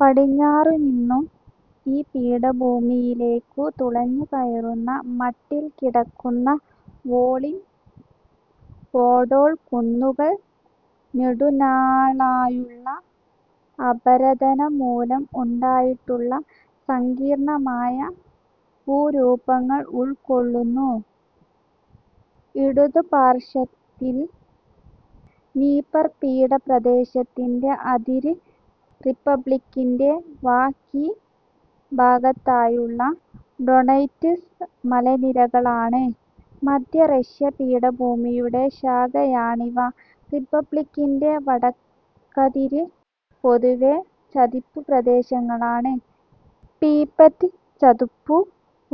പടിഞ്ഞാറുനിന്നും ഈ പീഠഭൂമിയിലേക്കു തുളഞ്ഞുകയറുന്ന മട്ടിൽ കിടക്കുന്ന വോളിൻ പോഡോൾ കുന്നുകൾ നെടുനാളായുള്ള അപരദനം മൂലം ഉണ്ടായിട്ടുള്ള സങ്കീർണമായ ഭൂരൂപങ്ങൾ ഉൾക്കൊള്ളുന്നു. ഇടതുപാർശ്വത്തിൽ നിപ്പർപീഠ പ്രദേശത്തിന്റെ അതിര്, റിപബ്ലിക്കിന്റെ വ. കി. ഭാഗത്തായുള്ള ഡൊണെറ്റ്സ് മലനിരകളാണ്; മധ്യ-റഷ്യാ പീഠഭൂമിയുടെ ശാഖയാണിവ. റിപ്പബ്ലിക്കിന്റെ വടക്കതിര് പൊതുവേ ചതുപ്പുപ്രദേശങ്ങളാണ്; പീപ്പറ്റ്ചതുപ്പ്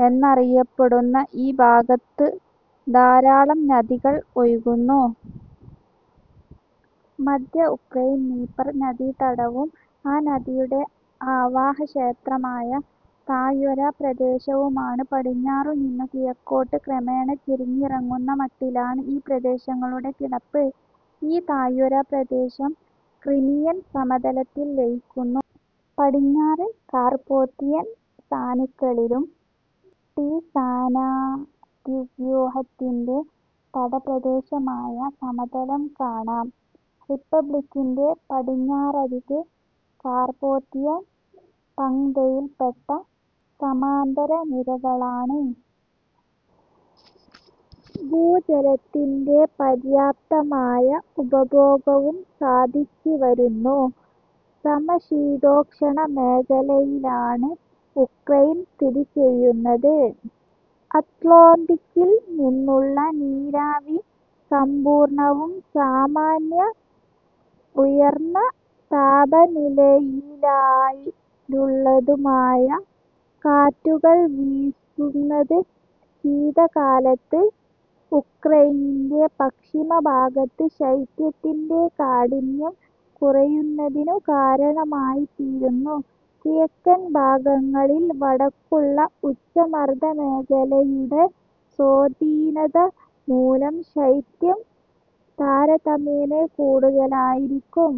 എന്നറിയപ്പെടുന്ന ഈ ഭാഗത്ത് ധാരാളം നദികൾ ഒഴുകുന്നു. മധ്യ ഉക്രെയിൻ നീപ്പർ നദീതടവും ആ നദിയുടെ ആവാഹക്ഷേത്രമായ താഴ്വര പ്രദേശവുമാണ്. പടിഞ്ഞാറുനിന്നും കിഴക്കോട്ടു ക്രമേണ ചരിഞ്ഞിറങ്ങുന്ന മട്ടിലാണ് ഈ പ്രദേശങ്ങളുടെ കിടപ്പ്. ഈ താഴ്വരപ്രദേശം ക്രിമിയൻ സമതലത്തിൽ ലയിക്കുന്നു. പടിഞ്ഞാറ് കാർപേത്തിയൻ സാനുക്കളിലും ടീസാനദീവ്യൂഹത്തിന്റെ തടപ്രദേശമായ സമതലം കാണാം. റിപ്പബ്ലിക്കിന്റെ പടിഞ്ഞാറരിക് കാർപേത്തിയൻ പങ്തിയിൽപെട്ട സമാന്തരനിരകളാണ്. ഭൂജലത്തിന്റെ പര്യാപ്തമായ ഉപഭോഗവും സാധിച്ചുവരുന്നു. സമശീതോക്ഷ്ണ മേഖലയിലാണ് ഉക്രെയിൻ സ്ഥിതിചെയ്യുന്നത്. അത്ലാന്തിക്കിൽ നിന്നുള്ള നീരാവി സമ്പൂർണവും സാമാന്യം ഉയർന്ന താപനിലയിലയിലുള്ളതുമായ കാറ്റുകൾ വീസുന്നത് ശീതകാലത്ത് ഉക്രെയിനിന്റെ പശ്ചിമഭാഗത്ത് ശൈത്യത്തിന്റെ കാഠിന്യം കുറയുന്നതിനു കാരണമായിത്തീരുന്നു. കിഴക്കൻ ഭാഗങ്ങളിൽ വടക്കുള്ള ഉച്ചമർദ മേഖലയുടെ സ്വാധീനത മൂലം ശൈത്യം താരതമ്യേന കൂടുതലയിരിക്കും.